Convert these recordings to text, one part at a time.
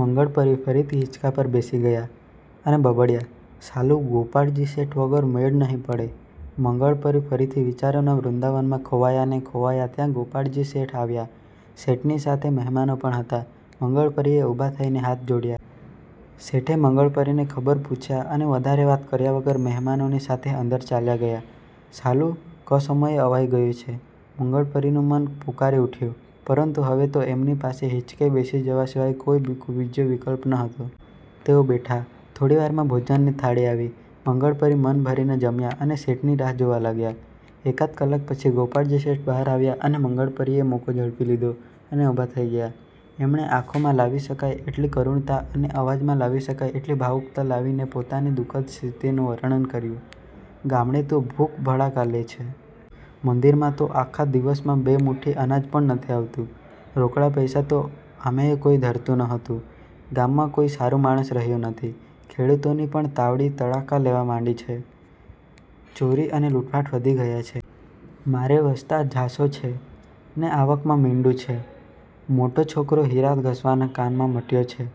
મંગળપરી ફરીથી હીંચકા પર બેસી ગયા અને બબડ્યા,"સાલું, ગોપાળજી શેઠ વગર મેળ નહિ પડે." મંગળપરી ફરીથી વિચારોના વૃંદાવનમાં ખોવાયા ને ખોવાયા ત્યાં તો ગોપાળજી શેઠ આવ્યા. શેઠની સાથે મહેમાનો પણ હતા. મંગળપરીએ ઊભા થઈને હાથ જોડ્યા. શેઠે મંગળપરીને ખબર પૂછ્યા અને વધારે વાત કર્યા વગર મહેમાનોની સાથે અંદર ચાલ્યા ગયા. "સાલું, કસમયે અવાઈ ગયું છે." મંગળપરીનું મન પોકારી ઊઠ્યું, પરંતુ હવે તો એમની પાસે હીંચકે બેસી જવા સિવાય બીજો કોઈ વિકલ્પ નહોતો. તેઓ બેઠા. થોડી વારમાં ભોજનની થાળી આવી. મંગળપરી મન ભરીને જમ્યા અને શેઠની રાહ જોવા લાગ્યા. એકાદ કલાક પછી ગોપાળજી શેઠ બહાર આવ્યા અને મંગળપરીએ મોકો ઝડપી લીધો અને ઊભા થઈ ગયા. એમણે આંખોમાં લાવી શકાય એટલી કરુણતા અને અવાજમાં લાવી શકાય એટલી ભાવુકતા લાવીને પોતાની દુખદ સ્થિતિનું વર્ણન કર્યું-"ગામડે તો ભૂખ ભડાકા લે છે. મંદિરમાં તો આખા દિવસમાં બે મૂઠી અનાજ પણ આવતું નથી. રોકડા પૈસા તો આમેય કોઈ ધરતું નહોતું. ગામમાં કોઈ સારું માણસ રહ્યું નથી. ખેડૂતોની પણ તાવડી તડાકા લેવા માંડી છે. ચોરી અને લૂંટફાટ વધી ગયાં છે. મારે વસ્તાર ઝાઝો છે ને આવકમાં મીંડું છે. મોટો છોકરો હીરા ઘસવાના કામમાં ટક્યો છે,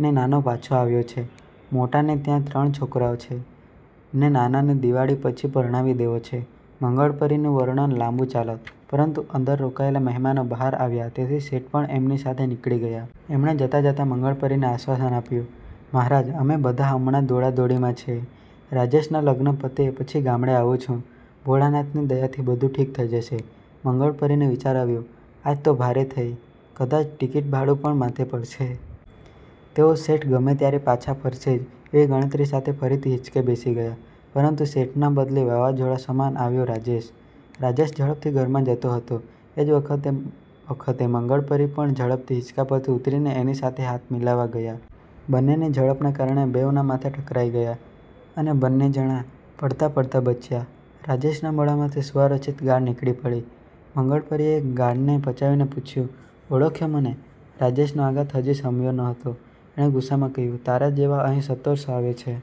ને નાનો પાછો આવ્યો છે. મોટાને ત્યાં ત્રણ છોકરાં છે, ને નાનાને દીવાળી પછી પરણાવી દેવો છે." મંગળપરીનું વર્ણન લાંબુ ચાલત, પરંતુ અંદર રોકાયેલા મહેમાનો બહાર આવ્યા તેથી શેઠ પણ એમની સાથે નીકળી ગયા. એમણે જતાં-જતાં મંગળપરીને આશ્વાસન આપ્યું- "મહારાજ, અમે બધાં હમણા દોડાદોડીમાં છીએ, રાજેશનાં લગ્ન પતે પછી ગામડે આવું છું. ભોળાનાથની દયાથી બધું ઠીક થઈ જશે." મંગળપરીને વિચાર આવ્યો,"આજ તો ભારે થઈ. કદાચ ટિકિટભાડું પણ માથે પડશે." તેઓ શેઠ ગમે ત્યારે પાછા ફરશે જ એવી ગણતરી સાથે ફરીથી હીંચકે બેસી ગયા. પરંતુ શેઠના બદલે વાવાઝોડા સમાન આવ્યો રાજેશ. રાજેશ ઝડપથી ઘરમાં જતો હતો એ જ વખતે-વખતે મંગળપરી પણ ઝડપથી હીંચકા પરથી ઊતરીને એની સાથે હાથ મિલાવવા ગયા. બંનેની ઝડપના કારણે બેઉનાં માથાં ટકરાઈ ગયાં, અને બંને જણા પડતાં-પડતાં બચ્યા. રાજેશના મોઢામાંથી સ્વરચિત ગાળ નીકળી પડી. મંગળપરીએ ગાળને પચાવીને પૂછ્યું-"ઓળખ્યો મને?" રાજેશનો આઘાત હજી શમ્યો નહોતો. એણે ગુસ્સામાં કહ્યું-"તારા જેવા અહીં સત્તરસો આવે છે.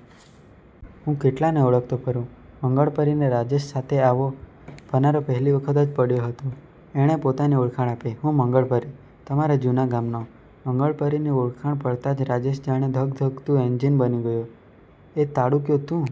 હું કેટલાને ઓળખતો ફરું?" મંગળપરીને રાજેશ સાથે આવો પનારો પહેલી વખત જ પડ્યો હતો. એણે પોતાની ઓળખાણ આપી-"હું મંગળપરી. તમારા જૂના ગામનો." મંગળપરીની ઓળખાણ પડતાં જ રાજેશ જાણે ધગધગતું એન્જિન બની ગયો. એ તાડૂક્યો, "તું